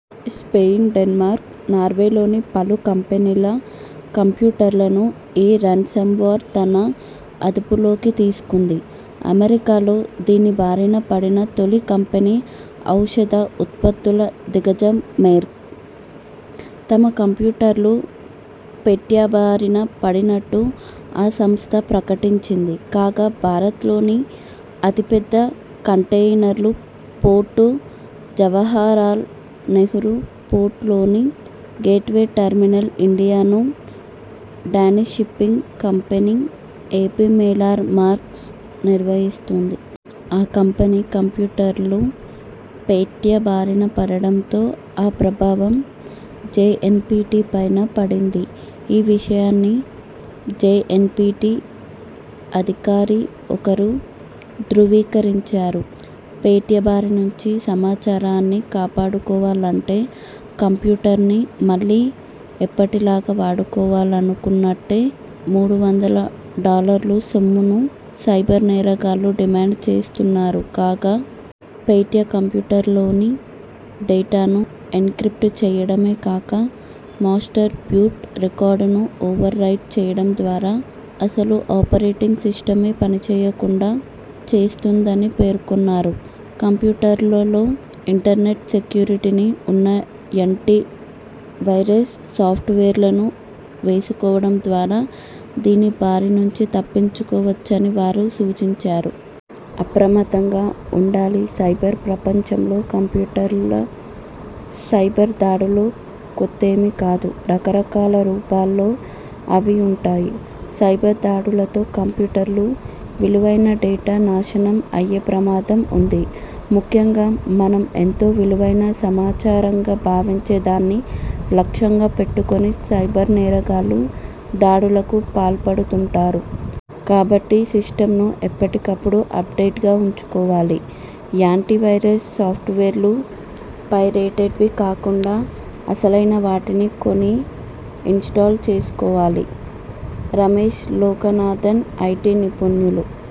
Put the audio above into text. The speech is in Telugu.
స్పెయిన్ డెన్మార్క్, నార్వేలోని పలు కంపెనీల కంప్యూటర్లను ఈ రాన్సమ్వేర్ తన అదుపులోకి తీసుకుంది. అమెరికాలో దీని బారిన పడిన తొలి కంపెనీ.. ఔషధ ఉత్పత్తుల దిగ్గజం మెర్క్. తమ కంప్యూటర్లు పెట్యాబారిన పడినట్టు ఆ సంస్థ ప్రకటించింది. కాగా.. భారత్లోని అతి పెద్ద కంటెయినర్లు పోర్టు జవహర్లాల్ నెహ్రూ పోర్ట్ లోని 'గేట్వే టెర్మినల్స్ ఇండియా 'ను Danish shipping company AP Moller Maersk నిర్వహిస్తోంది. ఆ కంపెనీ కంప్యూటర్లు పెట్యా బారిన పడటంతో ఆ ప్రభావం జేఎన్పీటీపైనా పడింది. ఈ విషయాన్ని జేఎన్పీటీ అధికారి ఒకరు ధ్రువీకరించారు. పెట్యా బారి నుంచి సమాచారాన్ని కాపాడుకోవాలంటే కంప్యూటర్ని మళ్లీ ఎప్పటిలాగా వాడుకోవాలనుకునటే.. మూడు వందల డాలర్ల సొమ్మును సైబర్ నేరగాళ్లు డిమాండ్ చేస్తున్నారు కాగా. పెట్యా కంప్యూటర్లలోని డేటాను ఎన్క్రిప్ట్ చేయడమే కాక. మాస్టర్ బూట్ రికార్డును ఓవర్ రైట్ చేయడం ద్వారా అసలు ఆపరేటింగ్ సిస్టమే పనిచేయకుండా చేస్తుందని పేర్కొన్నారు. కంప్యూటర్లలో ఇంటర్నెట్ సెక్యూరిటీనీ ఉన్న యాంటీ వైరస్ సాఫ్ట్వేర్లను వేసుకోవడం ద్వారా దీని బారి నుంచి తప్పించుకోవచ్చని వారు సూచించారు. అప్రమత్తంగా ఉండాలిసైబర్ ప్రపంచంలో కంప్యూటర్ల సైబర్ దాడులు కొత్తేమి కాదు. రకరకాల రూపాల్లో అవి ఉంటాయి. సైబర్ దాడులతో కంప్యూటర్లు, విలువైన డేటా నాశనం అయ్యే ప్రమాదం ఉంది. ముఖ్యంగా మనం ఎంతో విలువైన సమాచారంగా భావించే దాన్ని లక్ష్యంగా పెట్టుకొని సైబర్ నేరగాళ్లు దాడులకు పాల్పడుతుంటారు. కాబట్టి సిస్టమ్ ను ఎప్పటికప్పుడు అప్డేట్ గా ఉంచుకోవాలి. యాంటీవైరస్ సాఫ్ట్వేర్లు పైరేటెడ్వి కాకుండా అసలైనవాటిని కొని ఇన్స్టాల్ చేసుకోవాలి. -రమేష్ లోకనాథన్, ఐటీ నిపుణులు